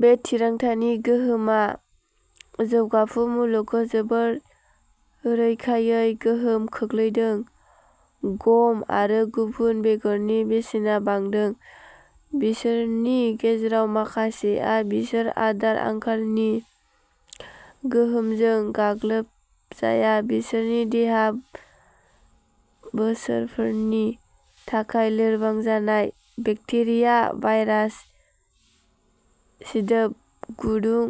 बे थिरांथानि गोहोमा जौगाफु मुलुगखौ जोबोर रोखायै गोहोम खोख्लैदों, गम आरो गुबुन बेगरनि बेसेना बांदों। बिसोरनि गेजेराव माखासेआ, बिसोर आदार आंखालनि गोहोमजों गाग्लोबजाया बिसोरनि देहा, बोसोरफोरनि थाखाय लोरबां जानाय, बेक्टेरिया, भाइरास, सिदोब गुदुं,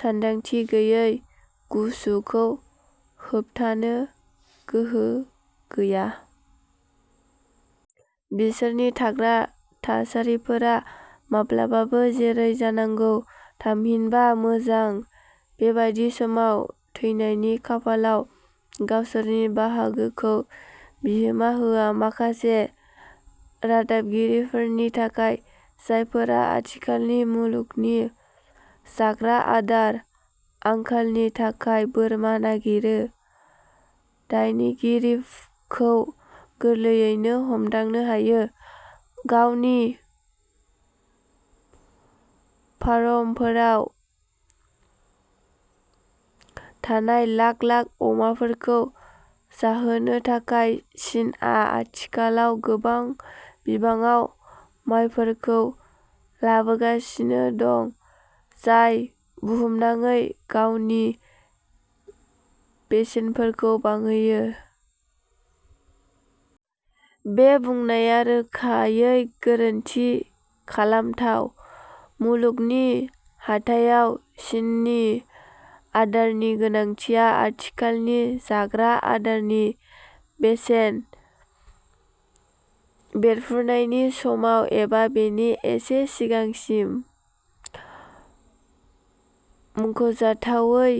सानदांथि गैयै गुसुखौ होबथानो गोहो गैया। बिसोरनि थाग्रा थासारिफोरा, माब्लाबाबो जेरै जानांगौ, थामहिनबा मोजां, बेबादि समाव थैनायनि खाफालाव गावसोरनि बाहागोखौ बिहोमा होआ। माखासे रादाबगिरिफोरनि थाखाय, जायफोरा आथिखालनि मुलुगनि जाग्रा आदार आंखालनि थाखाय बोरमा नागिरो, दायनिगिरिखौ गोरलैयैनो हमदांनो हायो। गावनि फार्मफोराव थानाय लाख लाख अमाफोरखौ जाहोनो थाखाय, चीनआ आथिखालाव गोबां बिबाङाव मायफोरखौ लाबोगासिनो दं, जाय बुहुमनाङै गावनि बेसेनफोरखौ बांहोयो। "बे बुंनाया रोखायै गोरोन्थि खालामथाव। मुलुगनि हाथायाव चीननि आदारनि गोनांथिया आथिखालनि जाग्रा आदारनि बेसेन बेरफ्रुनायनि समाव एबा बेनि एसे सिगांसिम मुंख'जाथावै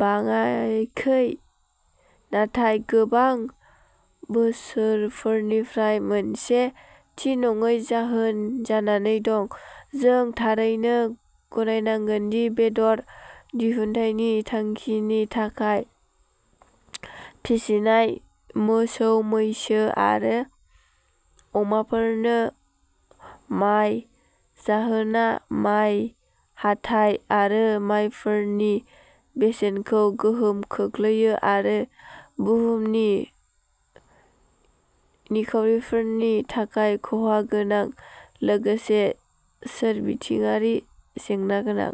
बाङाखै नाथाय गोबां बोसोरफोरनिफ्राय मोनसे थि नङै जाहोन जानानै दं। जों थारैनो गनायनांगोन दि बेदर दिहुन्थायनि थांखिनि थाखाय फिसिनाय मोसौ मैसो आरो अमाफोरनो माय जाहोना माय हाथाइ आरो मायफोरनि बेसेनखौ गोहोम खोख्लैयो, आरो बुहुमनि निखावरिफोरनि थाखाय खहा गोनां लोगोसे सोरबिथिंआरि जेंना गोनां।